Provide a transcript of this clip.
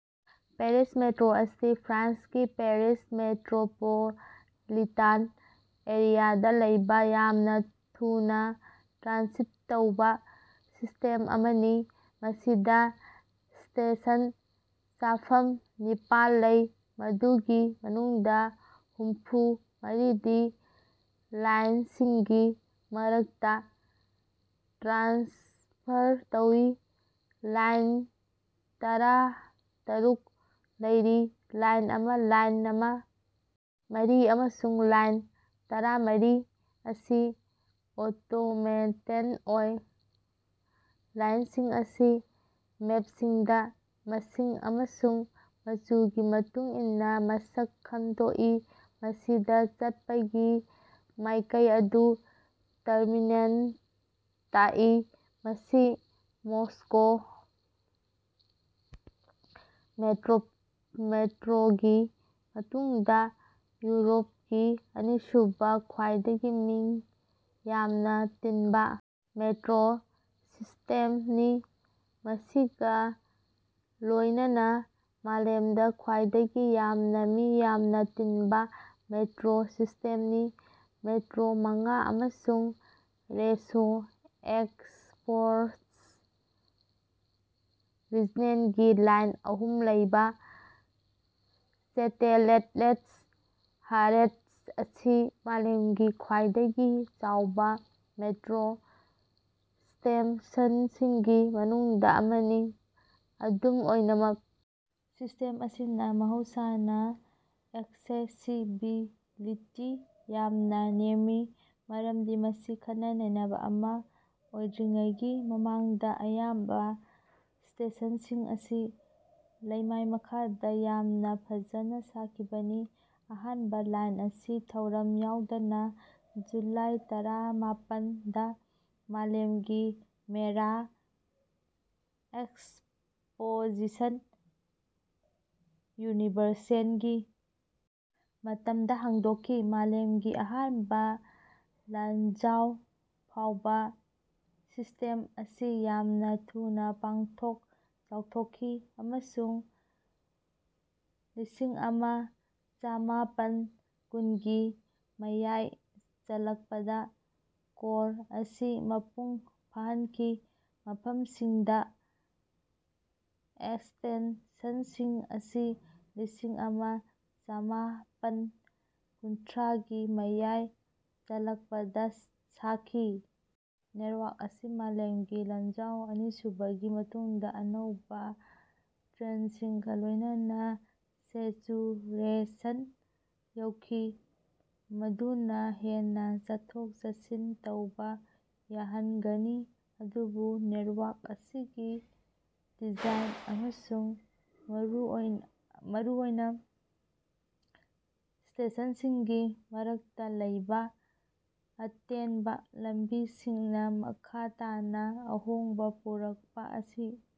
Paris metro ꯑꯁꯤ ꯐ꯭ꯔꯥꯟꯁꯀꯤ Paris metropolitan ꯑꯦꯔꯤꯌꯥꯗ ꯂꯩꯕ ꯌꯥꯝꯅ ꯊꯨꯅꯥ ꯇ꯭ꯔꯥꯟꯁꯤꯠ ꯇꯧꯕꯥ ꯁꯤꯁ꯭ꯇꯦꯝ ꯑꯃꯅꯤ꯫ ꯃꯁꯤꯗ ꯁ꯭ꯇꯦꯁꯟ ꯆꯥꯐꯝ ꯅꯤꯄꯥꯟ ꯂꯩ ꯃꯗꯨꯒꯤ ꯃꯅꯨꯡꯗ ꯍꯨꯝꯐꯨ ꯃꯔꯤꯗꯤ ꯂꯥꯏꯟꯁꯤꯡꯒꯤ ꯃꯔꯛꯇꯥ ꯇ꯭ꯔꯥꯟꯁꯐꯔ ꯇꯧꯏ꯫ ꯂꯥꯏꯟ ꯇꯔꯥꯇꯔꯨꯛ ꯂꯩꯔꯤ꯫ ꯂꯥꯏꯟ ꯑꯃ ꯂꯥꯏꯟ ꯃꯔꯤ ꯑꯃꯁꯨꯡ ꯂꯥꯏꯟ ꯇꯔꯥꯃꯔꯤ ꯑꯁꯤ ꯑꯣꯇꯣꯃꯦꯇꯦꯗ ꯑꯣꯏ꯫ ꯂꯥꯏꯟꯁꯤꯡ ꯑꯁꯤ ꯃꯦꯞꯁꯤꯡꯗ ꯃꯁꯤꯡ ꯑꯃꯁꯨꯡ ꯃꯆꯨꯒꯤ ꯃꯇꯨꯡ ꯏꯟꯅ ꯃꯁꯛ ꯈꯪꯗꯣꯛꯏ ꯃꯁꯤꯗ ꯆꯠꯄꯒꯤ ꯃꯥꯏꯀꯩ ꯑꯗꯨ ꯇꯔꯃꯤꯅꯦꯁꯠ ꯇꯥꯛꯏ꯫ ꯃꯁꯤ ꯃꯣꯁꯀꯣ ꯃꯦꯇ꯭ꯔꯣꯒꯤ ꯃꯇꯨꯡꯗ ꯌꯨꯔꯣꯞꯀꯤ ꯑꯅꯤꯁꯨꯕ ꯈ꯭ꯋꯥꯏꯗꯒꯤ ꯃꯤ ꯌꯥꯝꯅ ꯇꯤꯟꯕ ꯃꯦꯇ꯭ꯔꯣ ꯁꯤꯁ꯭ꯇꯦꯝꯅꯤ ꯃꯁꯤꯒꯥ ꯂꯣꯏꯅꯅ ꯃꯥꯂꯦꯝꯗ ꯈ꯭ꯋꯥꯏꯗꯒꯤ ꯌꯥꯝꯅ ꯃꯤ ꯌꯥꯝꯅ ꯇꯤꯟꯕ ꯃꯦꯇ꯭ꯔꯣ ꯁꯤꯁ꯭ꯇꯦꯝꯅꯤ꯫ ꯃꯦꯇ꯭ꯔꯣ ꯃꯉꯥ ꯑꯃꯁꯨꯡ ꯔꯦꯁꯣ ꯑꯦꯛꯁꯄ꯭ꯔꯦꯁ ꯔꯤꯖꯟꯅꯦꯜꯒꯤ ꯂꯥꯏꯟ ꯑꯍꯨꯝ ꯂꯩꯕꯥ ꯆꯦꯇꯦꯂꯦꯠꯂꯦꯁ ꯍꯥꯂꯦꯁ ꯑꯁꯤ ꯃꯥꯂꯦꯝꯒꯤ ꯈ꯭ꯋꯥꯏꯗꯒꯤ ꯆꯥꯎꯕ ꯃꯦꯇ꯭ꯔꯣ ꯁ꯭ꯇꯦꯁꯟꯁꯤꯡꯒꯤ ꯃꯅꯨꯡꯗ ꯑꯃꯅꯤ꯫ ꯑꯗꯨꯝ ꯑꯣꯏꯅꯃꯛ ꯁꯤꯁ꯭ꯇꯦꯝ ꯑꯁꯤꯅ ꯃꯍꯧꯁꯥꯅ ꯑꯦꯛꯁꯦꯁꯤꯕꯤꯂꯤꯇꯤ ꯌꯥꯝꯅ ꯅꯦꯝꯃꯤ ꯃꯔꯝꯗꯤ ꯃꯁꯤ ꯈꯟꯅ ꯅꯩꯅꯕ ꯑꯃꯥ ꯑꯣꯏꯗ꯭ꯔꯤꯉꯩꯒꯤ ꯃꯃꯥꯡꯗ ꯑꯌꯥꯝꯕ ꯁ꯭ꯇꯦꯁꯟꯁꯤꯡ ꯑꯁꯤ ꯂꯩꯃꯥꯏ ꯃꯈꯥꯗ ꯌꯥꯝꯅ ꯐꯖꯅ ꯁꯥꯈꯤꯕꯅꯤ꯫ ꯑꯍꯥꯟꯕ ꯂꯥꯏꯟ ꯑꯁꯤ ꯊꯧꯔꯝ ꯌꯥꯎꯗꯅ ꯖꯨꯂꯥꯏ ꯇꯔꯥꯃꯥꯄꯟ ꯗ ꯃꯥꯂꯦꯝꯒꯤ ꯃꯦꯂꯥ ꯑꯦꯛꯁꯄꯣꯖꯤꯁꯟ ꯌꯨꯅꯤꯚꯔꯁꯦꯜꯒꯤ ꯃꯇꯝꯗ ꯍꯥꯡꯗꯣꯛꯈꯤ꯫ ꯃꯥꯂꯦꯝꯒꯤ ꯑꯍꯥꯟꯕ ꯂꯥꯟꯖꯥꯎ ꯐꯥꯎꯕ ꯁꯤꯁ꯭ꯇꯦꯝ ꯑꯁꯤ ꯌꯥꯝꯅ ꯊꯨꯅꯥ ꯄꯥꯛꯊꯣꯛ ꯆꯥꯎꯊꯣꯛꯈꯤ ꯑꯃꯁꯨꯡ ꯂꯤꯁꯤꯡ ꯑꯃ ꯆꯃꯥꯄꯟ ꯀꯨꯟꯒꯤ ꯃꯌꯥꯏ ꯆꯜꯂꯛꯄꯗ ꯀꯣꯔ ꯑꯁꯤ ꯃꯄꯨꯡ ꯐꯥꯍꯟꯈꯤ ꯃꯐꯝꯁꯤꯡꯗ ꯑꯦꯛꯁꯇꯦꯟꯁꯟꯁꯤꯡ ꯑꯁꯤ ꯂꯤꯁꯤꯡ ꯑꯃ ꯆꯃꯥꯄꯟ ꯀꯨꯟꯊ꯭ꯔꯥꯒꯤ ꯃꯌꯥꯏ ꯆꯜꯂꯛꯄꯗ ꯁꯥꯈꯤ꯫ ꯅꯦꯠꯋꯥꯔꯛ ꯑꯁꯤ ꯃꯥꯂꯦꯝꯒꯤ ꯂꯥꯟꯖꯥꯎ ꯑꯅꯤꯁꯨꯕꯒꯤ ꯃꯇꯨꯡꯗ ꯑꯅꯧꯕ ꯇ꯭ꯔꯦꯟꯁꯤꯡꯒꯥ ꯂꯣꯏꯅꯅ ꯁꯦꯆꯨꯔꯦꯁꯟ ꯌꯧꯈꯤ ꯃꯗꯨꯅ ꯍꯦꯟꯅ ꯆꯠꯊꯣꯛ ꯆꯠꯁꯤꯟ ꯇꯧꯕꯥ ꯌꯥꯍꯟꯒꯅꯤ ꯑꯗꯨꯕꯨ ꯅꯦꯠꯋꯥꯔꯛ ꯑꯁꯤꯒꯤ ꯗꯤꯖꯥꯏꯟ ꯑꯃꯁꯨꯡ ꯃꯔꯨꯑꯣꯏꯅ ꯁ꯭ꯇꯦꯁꯟꯁꯤꯡꯒꯤ ꯃꯔꯛꯇꯥ ꯂꯩꯕꯥ ꯑꯇꯦꯟꯕ ꯂꯝꯕꯤꯁꯤꯡꯅ ꯃꯈꯥ ꯇꯥꯅ ꯑꯍꯣꯡꯕ ꯄꯨꯔꯛꯄꯥ ꯑꯁꯤ